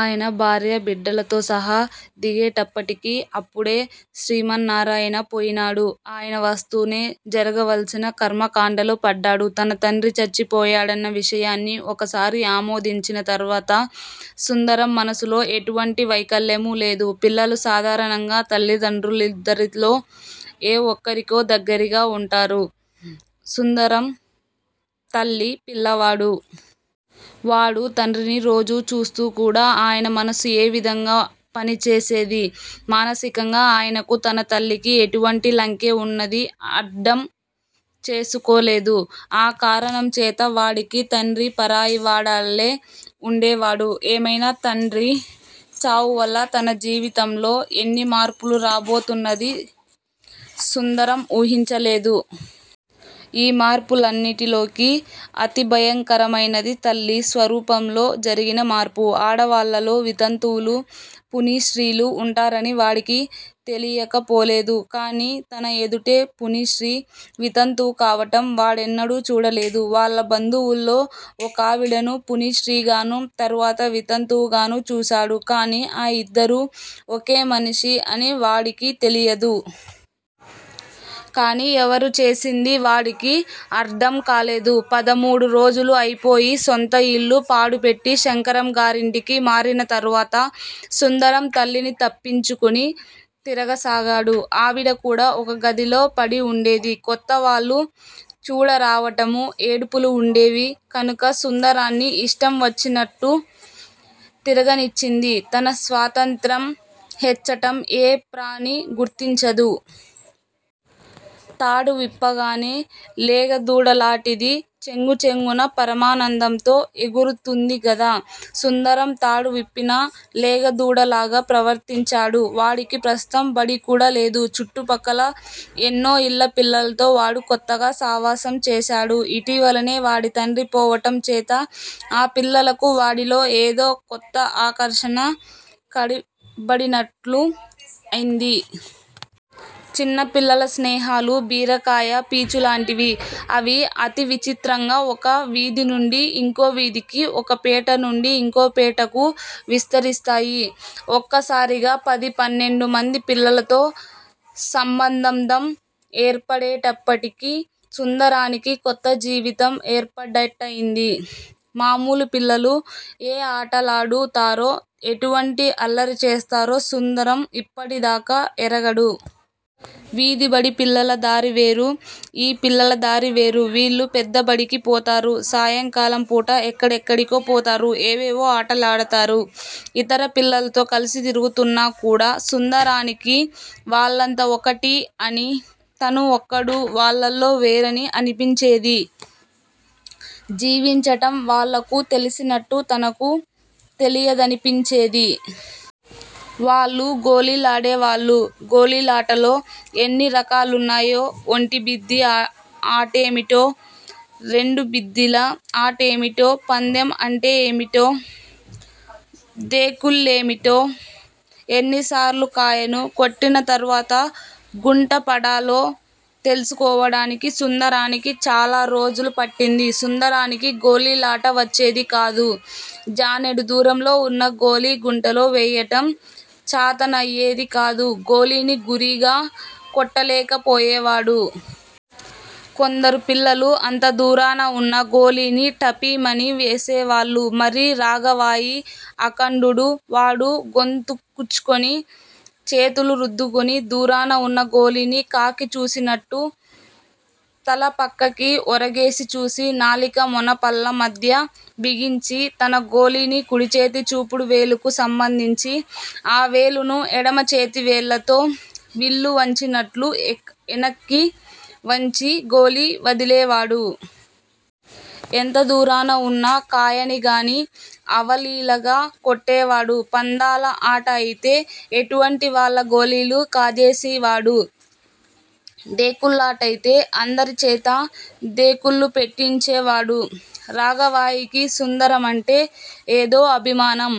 ఆయన భార్య బిడ్డలతోసహా దిగేట్టప్పటికి అప్పుడే శ్రీమన్నారాయణ పోయినాడు. ఆయన వస్తూనే జరగవలసిన కర్మకాండలో పడ్డాడు తన తండ్రి చచ్చిపోయాడన్న విషయాన్ని ఒకసారి ఆమోదించిన తరువాత సుందరం మనసులో ఎటువంటి వైకల్యమూ లేదు. పిల్లలు సాధారణంగా తల్లిదండ్రు లిద్దరిలో ఏ ఒక్కరికో దగ్గరిగా ఉంటారు. సుందరం తల్లి పిల్లవాడు. వాడు తండ్రిని రోజూ చూస్తూకూడా. ఆయన మనస్సు ఏ విధంగా పని చేసేదీ, మానసికంగా ఆయనకూ తన తల్లికీ ఎటువంటి లంకె ఉన్నదీ అర్డంచేసుకోలేదు. ఆ కారణంచేత వాడికి తండ్రి పరాయివాడల్లే ఉండేవాడు. ఏమైనా తండ్రి చావువల్ల తన జీవితంలో ఎన్ని మార్పులు రాబోతున్నదీ సుందరం ఊహించలేదు. ఈ మార్పు లన్నిటిలోకీ అతిభయంకరమైనది తల్లి స్వరూపంలో జరిగిన మార్పు. ఆడవాళ్ళలో వితంతువులూ, పునిస్రీలూ ఉంటారని వాడికి తెలియకపోలేదు. కాని తనఎదుటే పునిస్రీ వితంతువుకావటం వాడెన్నడూ చూడలేదు. వాళ్ళ బంధువుల్లో ఒకావిడను పునిస్రీగానూ, తరువాత వితంతువు గానూ, చూశాడు. కాని ఆ ఇద్దరూ ఒకే మనిషి అని వాడికి తెలియలేదు. కాని ఎవరు చేసిందీ వాడికి అర్డంకాలేదు. పదమూడురోజులూ అయిపోయి, సొంతఇల్లు పాడుపెట్టి శంకరంగారింటికి మారినతరువాత సుందరం తల్లిని తప్పించుకుని తిరగసాగాడు. ఆవిడకూడా ఒక గదిలో పడి వుండేది. కొత్తవాళ్ళు చూడరావటమూ. ఏడుపులూ ఉండేవి, కనుక సుందరాన్ని ఇష్టం వచ్చినట్టు తిరగనిచ్చింది. తన స్వాతంత్ర్యం హెచ్చటం ఏ ప్రాణి గుర్తించదు? తాడువిప్పగానే లేగదూడలాటిది చెంగుచెంగున పరమానందంతో ఎగురుతుందిగదా! సుందరం తాడు విప్పిన లేగదూడ లాగా ప్రవర్తించాడు. వాడికి ప్రస్తుతం బడికూడా లేదు. చుట్టుపక్కల ఎన్నోఇళ్ళ పిల్లలతో వాడు కొత్తగా సావాసం చేశాడు. ఇటీవలనే వాడి తండ్రి పోవటం చేత ఆ పిల్లలకు వాడిలో ఏదో కొత్త ఆకర్షణ కనబడినట్ట్లయింది. చిన్నపిల్లల స్నేహాలు బీరకాయ పీచులాంటివి. అవి అతి విచిత్రంగా ఒక వీధినుండి ఇంకో వీధికి. ఒక పేట నుండి ఇంకో పేటకూ విస్తరిస్తాయి. ఒక్కసారిగా పది పన్నెండు మంది పిల్లలతో సంబంధందం ఏర్పడేటప్పటికి సుందరానికి కొత్త జీవితం ఏర్పడ్డట్టయింది. మామూలు పిల్లలు ఏ ఆటలాడు తారో, ఎటువంటి అల్లరిచేస్తారో సుందరం ఇప్పటిదాకా ఎరగడు. వీధిబడి పిల్లల దారివేరు. ఈ పిల్లలదారి వేరు. వీళ్ళు పెద్దబడికి పోతారు. సాయంకాలంపూట ఎక్కడెక్కడికో పోతారు. ఏవేవో ఆటలాడతారు. ఇతర పిల్లలతో కలసి తిరుగుతున్నా కూడా సుందరానికి, వాళ్ళంతా ఒకటి అనీ, తను ఒక్కడూ వాళ్ళలో వేరనీ అనిపించేది. జీవించటం వాళ్ళకు తెలిసినట్టు తనకు తెలియదనిపించేది. వాళ్ళు గోళీలాడేవాళ్ళు. గోలీలాటలో ఎన్ని రకాలున్నాయో, ఒంటిబిద్దీ ఆటేమిటో, రెండుబిద్దీల ఆటఏమిటో, పందెం అంటేమిటో, దేకుళ్ళేమిటో, ఎన్నిసార్లు కాయను కొట్టినతరువాత గుంటపడాలో తెలుసుకోవడానికి సుందరానికి చాలా రోజులు పట్టింది. సుందరానికి గోలీలాట వచ్చేదికాదు. జానెడు దూరంలో ఉన్న గోలీ గుంటలో వెయ్యటం చాతనయ్యేదికాదు. గోలీని గురిగా కొట్టలేకపోయేవాడు. కొందరు పిల్లలు అంత దూరాన ఉన్న గోలీని ఠపీమని వేసేవాళ్ళు. మరీ రాఘవాయి అఖండుడు. వాడు గొంతుక్కూచుని, చేతులు రుద్దుకుని, దూరాన ఉన్న గోలీని కాకిచూసినట్టు తల పక్కకి ఒరగేసి చూసి, నాలిక మొన పళ్ళ మధ్య బిగించి, తన గోలీని కుడిచేతి చూపుడు వేలుకు సందించి ఆ వేలును ఎడమ చేతివేళ్ళతో విల్లువంచినట్లు వెనక్కి వంచి, గోలీ వదిలేవాడు. ఎంత దూరాన ఉన్న కాయనిగానీ అవలీలగా కొట్టేవాడు. పందాల అటఅయితే ఎటువంటివాళ్ళ గోలీలూ కాజేసివాడు. దేకుళ్ళాటయితే అందరిచేతా దేకుళ్ళుపెట్టించేవాడు. రాఘవాయికి సుందరమంటే ఏదో అభిమానం.